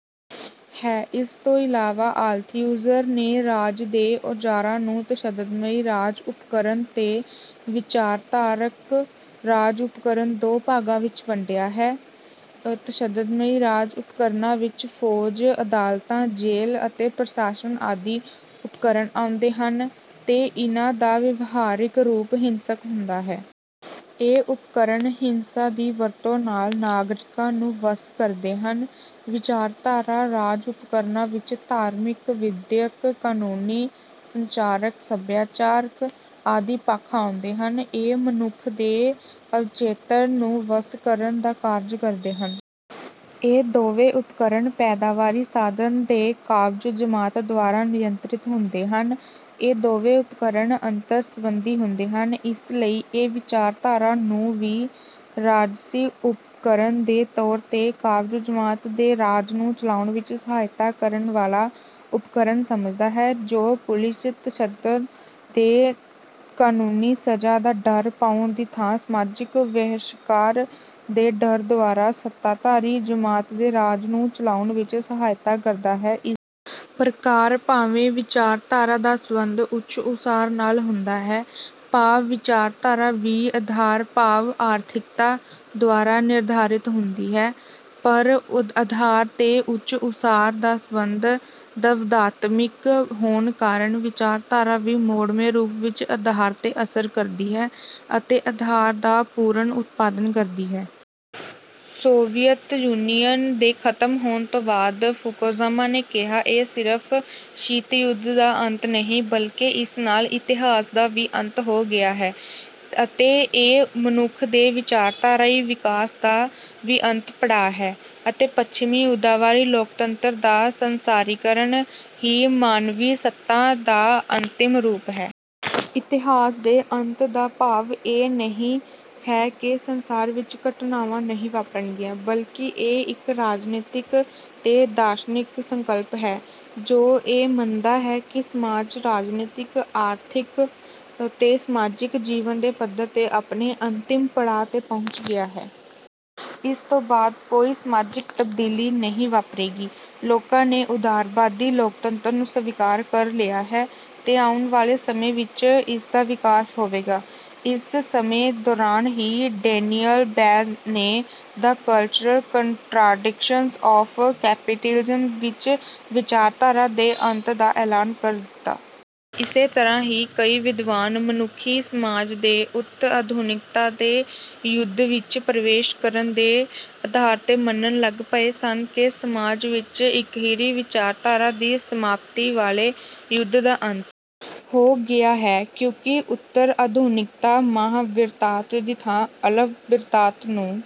ਹੈ। ਇਸ ਤੋਂ ਇਲਾਵਾ ਅਲਥਿਊਜ਼ਰ ਨੇ ਰਾਜ ਦੇ ਔਜ਼ਾਰਾਂ ਨੂੰ ਤਸ਼ੱਦਦਮਈ ਰਾਜ-ਉਪਕਰਨ ਤੇ ਵਿਚਾਰਧਾਰਕ ਰਾਜ-ਉਪਕਰਨ ਦੋ ਭਾਗਾਂ ਵਿੱਚ ਵੰਡਿਆ ਹੈ। ਤਸ਼ੱਦਦਮਈ ਰਾਜ-ਉਪਕਰਨਾਂ ਵਿੱਚ ਫ਼ੌਜ, ਅਦਾਲਤਾਂ, ਜੇਲ੍ਹਾਂ ਅਤੇ ਪ੍ਰਸ਼ਾਸਨ ਆਦਿ ਉਪਕਰਨ ਆਉਂਦੇ ਹਨ, ਤੇ ਇਨ੍ਹਾਂ ਦਾ ਵਿਵਹਾਰਿਕ ਰੂਪ ਹਿੰਸਕ ਹੁੰਦਾ ਹੈ। ਇਹ ਉਪਕਰਨ ਹਿੰਸਾ ਦੀ ਵਰਤੋਂ ਨਾਲ ਨਾਗਰਿਕਾਂ ਨੂੰ ਵੱਸ ਕਰਦੇ ਹਨ। ਵਿਚਾਰਧਾਰਕ ਰਾਜ-ਉਪਕਰਨਾਂ ਵਿੱਚ ਧਾਰਮਿਕ, ਵਿੱਦਿਅਕ, ਕਾਨੂੰਨੀ, ਸੰਚਾਰਕ, ਸਭਿਆਚਾਰਕ ਆਦਿ ਪੱਖ ਆਉਂਦੇ ਹਨ। ਇਹ ਮਨੁੱਖ ਦੇ ਅਵਚੇਤਨ ਨੂੰ ਵੱਸ ਕਰਨ ਦਾ ਕਾਰਜ ਕਰਦੇ ਹਨ। ਇਹ ਦੋਵੇਂ ਉਪਕਰਨ ਪੈਦਾਵਾਰੀ ਸਾਧਨ 'ਤੇ ਕਾਬਜ਼ ਜਮਾਤ ਦੁਆਰਾ ਨਿਯੰਤ੍ਰਿਤ ਹੁੰਦੇ ਹਨ। ਇਹ ਦੋਵੇਂ ਉਪਕਰਨ ਅੰਤਰ-ਸੰਬੰਧਿਤ ਹੁੰਦੇ ਹਨ। ਇਸ ਲਈ ਇਹ 'ਵਿਚਾਰਧਾਰਾ ਨੂੰ ਵੀ ਰਾਜਸੀ ਉਪਕਰਨ ਦੇ ਤੌਰ 'ਤੇ ਕਾਬਜ਼ ਜਮਾਤ ਦੇ ਰਾਜ ਨੂੰ ਚਲਾਉਣ ਵਿੱਚ ਸਹਾਇਤਾ ਕਰਨ ਵਾਲਾ ਉਪਕਰਨ ਸਮਝਦਾ ਹੈ, ਜੋ ਪੁਲਿਸ-ਤਸ਼ੱਦਦ ਤੇ ਕਾਨੂੰਨੀ ਸਜ਼ਾ ਦਾ ਡਰ ਪਾਉਣ ਦੀ ਥਾਂ ਸਮਾਜਿਕ ਵਹਿਸ਼ਕਾਰ ਦੇ ਡਰ ਦੁਆਰਾ ਸੱਤਾਧਾਰੀ ਜਮਾਤ ਦੇ ਰਾਜ ਨੂੰ ਚਲਾਉਣ ਵਿੱਚ ਸਹਾਇਤਾ ਕਰਦਾ ਹੈ। ਇਸ ਪ੍ਰਕਾਰ ਭਾਵੇਂ ਵਿਚਾਰਧਾਰਾ ਦਾ ਸੰਬੰਧ ਉੱਚ-ਉਸਾਰ ਨਾਲ ਹੁੰਦਾ ਹੈ, ਭਾਵ ਵਿਚਾਰਧਾਰਾ ਵੀ ਆਧਾਰ ਭਾਵ ਆਰਥਿਕਤਾ ਦੁਆਰਾ ਨਿਰਧਾਰਿਤ ਹੁੰਦੀ ਹੈ, ਪਰ ਆਧਾਰ ਤੇ ਉੱਚ-ਉਸਾਰ ਦਾ ਸੰਬੰਧ ਦਵੰਦਾਤਮਿਕ ਹੋਣ ਕਾਰਨ ਵਿਚਾਰਧਾਰਾ ਵੀ ਮੋੜਵੇਂ ਰੂਪ ਵਿੱਚ ਆਧਾਰ 'ਤੇ ਅਸਰ ਕਰਦੀ ਹੈ ਅਤੇ ਆਧਾਰ ਦਾ ਪੁਰਨ-ਉਤਪਾਦਨ ਕਰਦੀ ਹੈ। ਸੋਵੀਅਤ ਯੂਨੀਅਨ ਦੇ ਖ਼ਤਮ ਹੋਣ ਤੋਂ ਬਾਅਦ ਫੂਕੋਜਾਮਾ ਨੇ ਕਿਹਾ ਕਿ "ਇਹ ਸਿਰਫ਼ ਸ਼ੀਤ ਯੁੱਧ ਦਾ ਅੰਤ ਨਹੀਂ, ਬਲਕਿ ਇਸ ਨਾਲ ਇਤਿਹਾਸ ਦਾ ਵੀ ਅੰਤ ਹੋ ਗਿਆ ਹੈ, ਅਤੇ ਇਹ ਮਨੁੱਖ ਦੇ ਵਿਚਾਰਧਾਰਾਈ ਵਿਕਾਸ ਦਾ ਵੀ ਅੰਤਿਮ ਪੜਾਅ ਹੈ, ਅਤੇ ਪੱਛਮੀ ਉਦਾਰਵਾਦੀ ਲੋਕਤੰਤਰ ਦਾ ਸੰਸਾਰੀਕਰਨ ਹੀ ਮਾਨਵੀ ਸੱਤਾ ਦਾ ਅੰਤਿਮ ਰੂਪ ਹੈ।" ਇਤਿਹਾਸ ਦੇ ਅੰਤ ਦਾ ਭਾਵ ਇਹ ਨਹੀਂ ਹੈ ਕਿ ਸੰਸਾਰ ਵਿੱਚ ਘਟਨਾਵਾਂ ਨਹੀਂ ਵਾਪਰਨਗੀਆਂ। ਬਲਕਿ ਇਹ ਇੱਕ ਰਾਜਨੀਤਿਕ ਤੇ ਦਾਰਸ਼ਨਿਕ ਸੰਕਲਪ ਹੈ, ਜੋ ਇਹ ਮੰਨਦਾ ਹੈ ਕਿ ਸਮਾਜ ਰਾਜਨੀਤਿਕ, ਆਰਥਿਕ ਤੇ ਸਮਾਜਿਕ ਜੀਵਨ ਦੇ ਪੱਧਰ 'ਤੇ ਆਪਣੇ ਅੰਤਿਮ ਪੜਾਅ 'ਤੇ ਪਹੁੰਚ ਗਿਆ ਹੈ। ਇਸ ਤੋਂ ਬਾਅਦ ਕੋਈ ਸਮਾਜਿਕ ਤਬਦੀਲੀ ਨਹੀਂ ਵਾਪਰੇਗੀ। ਲੋਕਾਂ ਨੇ ਉਦਾਰਵਾਦੀ ਲੋਕਤੰਤਰ ਨੂੰ ਸਵੀਕਾਰ ਕਰ ਲਿਆ ਹੈ, ਤੇ ਆਉਣ ਵਾਲੇ ਸਮੇਂ ਵਿੱਚ ਇਸ ਦਾ ਹੀ ਵਿਕਾਸ ਹੋਵੇਗਾ। ਇਸ ਸਮੇਂ ਦੌਰਾਨ ਹੀ ਡੇਨੀਅਲ ਬੈੱਲ ਨੇ 'the cultural contradictions of capitalism' ਵਿੱਚ ਵਿਚਾਰਧਾਰਾ ਦੇ ਅੰਤ ਦਾ ਐਲਾਨ ਕਰ ਦਿੱਤਾ। ਇਸੇ ਤਰ੍ਹਾਂ ਹੀ ਕਈ ਵਿਦਵਾਨ ਮਨੁੱਖੀ ਸਮਾਜ ਦੇ ਉਤਰ-ਆਧੁਨਿਕਤਾ ਦੇ ਯੁੱਦ ਵਿੱਚ ਪ੍ਰਵੇਸ਼ ਕਰਨ ਦੇ ਆਧਾਰ 'ਤੇ ਇਹ ਮੰਨਣ ਲੱਗ ਪਏ ਸਨ ਕਿ ਸਮਾਜ ਵਿੱਚ ਇਕਹਿਰੀ ਵਿਚਾਰਧਾਰਾ ਦੀ ਸਥਾਪਤੀ ਵਾਲੇ ਯੁੱਦ ਦਾ ਅੰਤ ਹੋ ਗਿਆ ਹੈ, ਕਿਉਂਕਿ ਉਤਰ-ਆਧੁਨਿਕਤਾ ਮਹਾਂ-ਬਿਰਤਾਂਤ ਦੀ ਥਾਂ ਅਲਪ-ਬਿਰਤਾਂਤ ਨੂੰ